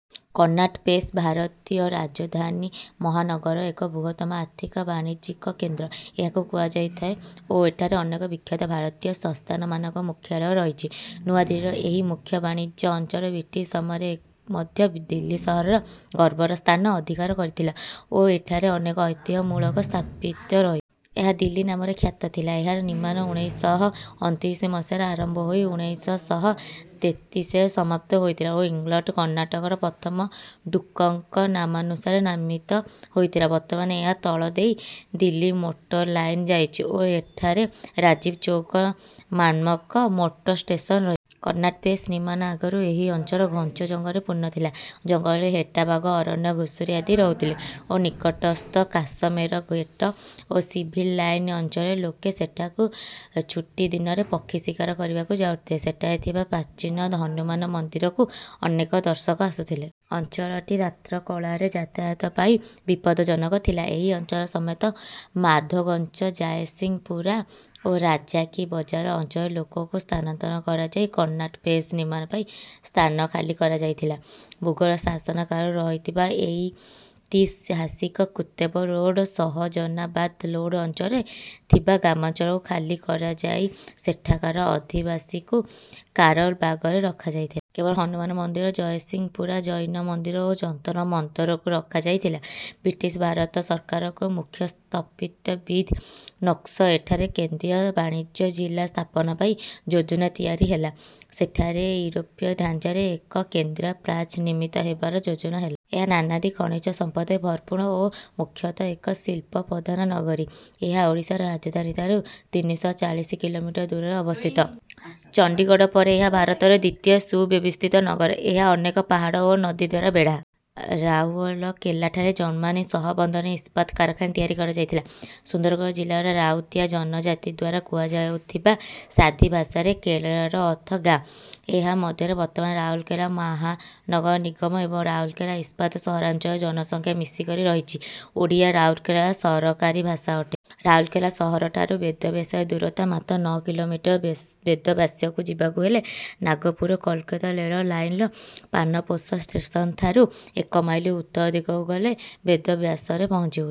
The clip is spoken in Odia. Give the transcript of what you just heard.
କନ୍ନାଟ ପ୍ଲେସ ଭାରତୀୟ ରାଜଧାନୀ ମହାନଗରର ଏକ ବୃହତ୍ତମ ଆର୍ଥିକ ବାଣିଜ୍ୟିକ କେନ୍ଦ୍ର। ଏହାକୁ କୁହାଯାଇଥାଏ ଓ ଏଠାରେ ଅନେକ ବିଖ୍ୟାତ ଭାରତୀୟ ସଂସ୍ଥାନ ମାନଙ୍କ ମୁଖ୍ୟାଳୟ ରହିଛି। ନୂଆ ଦିଲ୍ଲୀର ଏହି ମୁଖ୍ୟ ବାଣିଜ୍ୟ ଅଞ୍ଚଳ ବ୍ରିଟିଶ ସମୟରେ ମଧ୍ୟ ଦିଲ୍ଲୀ ସହରର ଗର୍ବର ସ୍ଥାନ ଅଧିକାର କରିଥିଲା ଓ ଏଠାରେ ଅନେକ ଐତିହ ମୂଳକ ସ୍ଥାପତ୍ୟ ରହିଛି। ଏହା ଦିଲ୍ଲୀ ନାମରେ ଖ୍ୟାତ ଥିଲା। ଏହାର ନିର୍ମାଣ ଉଣେଇଶ ଶହ ଅଣତିରିଶ ମସିହାରେ ଆରମ୍ଭ ହେଇ ଉଣେଇଶ ଶହ ତେତିଶରେ ସମାପ୍ତ ହେଇଥିଲା ଓ ଇଂଲଣ୍ଡ କନ୍ନାଟର ପ୍ରଥମ ଡୂକଙ୍କ ନାମାନୁସାରେ ନମିତା ହେଇଥିଲା। ବର୍ତମାନ ଏହା ତଳ ଦେଇ ଦିଲ୍ଲୀ ମେଟ୍ରୋର ଲାଇନ ଯାଇଛି ଓ ଏଠାରେ ରାଜୀବ ଚୌକ ମ୍ନାମକ ମେଟ୍ରୋ ଷ୍ଟେସନ ରହିଛି। କନ୍ନାଟ ପ୍ଲେସ ନିର୍ମାଣ ଆଗରୁ ଏହି ଅଞ୍ଚଳ ଘଞ୍ଚ ଜଙ୍ଗଲରେ ପୂର୍ଣ ଥିଲା। ଜଙ୍ଗଲରେ ହେଟାବାଘ ଅରଣ୍ୟ ଘୁଷୁରି ଆଦି ରହୁଥିଲେ ଓ ନିକଟସ୍ଥ କାଶମେର ଗେଟ ଓ ସିଭିଲ ଲାଇନ ଅଞ୍ଚଳର ଲୋକେ ସେଠାକୁ ଛୁଟି ଦିନରେ ପକ୍ଷୀ ଶିକାର କରିବାକୁ ଯାଉଥିଲେ। ସେଠାରେ ଥିବା ପ୍ରାଚୀନ ହନୁମାନ ମଦିରକୁ ଅନେକ ଦର୍ଶକ ଆସୁଥିଲେ। ଅଞ୍ଚଳଟି ରାତ୍ର କଳାରେ ଯାତାୟାତ ପାଇଁ ବିପଦଜନକ ଥିଲା। ଏହି ଅଞ୍ଚଳ ସମେତ ମାଧୋଗଞ୍ଜ ଜାୟସିଙ୍ଗ ପୁରା ଓ ରାଜା କି ବଜାର ଅଞ୍ଚଳର ଲୋକଙ୍କୁ ସ୍ଥାନାନ୍ତର କରାଯାଇ କନ୍ନାଟ ପ୍ଲେସ ନିର୍ମାଣ ପାଇଁ ସ୍ଥାନ ଖାଲି କରାଯାଇଥିଲା। ମୁଗଳ ଶାସନ କାଳରୁ ରହିଥିବା ଏଇତିହାସିକ କୁତବ ରୋଡ ସହଜନାବାଦ ରୋଡ ଅଞ୍ଚଳରେ ଥିବା ଗ୍ରାମାଞ୍ଚଳକୁ ଖାଲି କରାଯାଇ ସେଠାକାର ଅଧିବାଶିଙ୍କୁ କାରୋଲ ବାଗରେ ରଖାଯାଇଥିଲା। କେବଳ ହନୁମାନ ମନ୍ଦିର ଜୟସିଙ୍ଘ ପୁରା ଜୈନ ମନ୍ଦିର ଓ ଯନ୍ତର ମନ୍ଥରକୁ ରଖାଯାଇଥିଲା। ବ୍ରିଟିଶ ଭାରତ ସରକାର ଙ୍କ ମୁଖ୍ୟ ସ୍ଥପତ୍ୟ ବିଦ ନିକୋଲ୍ସ ଏଠାରେ କେନ୍ଦ୍ରୀୟ ବାଣିଜ୍ୟ ଜିଲ୍ଲା ସ୍ଥାପନ ପାଇଁ ଯୋଜନା ତିଆରି ହେଲା। ସେଠାରେ ଇରୋପୀୟ ଢାଞ୍ଚାରେ ଏକ କେନ୍ଦ୍ରୀୟ ପ୍ଲାଜା ନିର୍ମିତ ହେବାର ଯୋଜନା ହେଲା। ଏହା ନାନାଦି ଖଣିଜ ସମ୍ପଦରେ ଭରପୁର ଓ ମୁଖ୍ୟତଃ ଏକ ଶିଳ୍ପ ପ୍ରଧାନ ନଗରୀ। ଏହା ଓଡ଼ିଶାର ରାଜଧାନୀ ଠାରୁ ତିନିଶହ ଚାଳିଶ କିଲୋମିଟର ଦୂରରେ ଅବସ୍ଥିତ। ଚଣ୍ଡୀଗଡ଼ ପରେ ଏହା ଭାରତର ଦ୍ୱିତୀୟ ସୁବ୍ୟବସ୍ଥିତ ନଗର। ଏହା ଅନେକ ପାହାଡ଼ ଓ ନଦୀଦ୍ୱାରା ବେଢା। ରାଉଅରକେଲାଠାରେ ଜର୍ମାନୀ ସହବନ୍ଧନରେ ଇସ୍ପାତ କାରଖାନା ତିଆରି କରାଯାଇଥିଲା। ସୁନ୍ଦରଗଡ଼ ଜିଲାର ରାଉତିଆ ଜନଜାତିଦ୍ୱାରା କୁହାଯାଉଥିବା ସାଦ୍ରି ଭାଷାରେ କେଲାର ଅର୍ଥ ଗାଆଁ । ଏହା ମଧ୍ୟରେ ବର୍ତ୍ତମାନର ରାଉରକେଲା ମାହନଗର ନିଗମ ଏବଂ ରାଉରକେଲା ଇସ୍ପାତ ସହରାଞ୍ଚଳର ଜନସଂଖ୍ୟା ମିଶିକରି ରହିଛି। ଓଡ଼ିଆ ରାଉରକେଲାର ସରକାରୀ ଭାଷା ଅଟେ। ରାଉରକେଲା ସହର ଠାରୁ ବେଦବ୍ୟାସର ଦୂରତା ମାତ୍ର ନଅ କି. ମି. ବେଦବ୍ୟାସକୁ ଯିବାକୁ ହେଲେ ନାଗପୁର କଲିକତା ରେଳ ଲାଇନର ପାନପୋଷ ଷ୍ଟେସନଠାରୁ ଏକ ମାଇଲ ଉତ୍ତର ଦିଗକୁ ଗଲେ ବେଦବ୍ୟାସରେ ପହଞ୍ଚି ହୁଏ।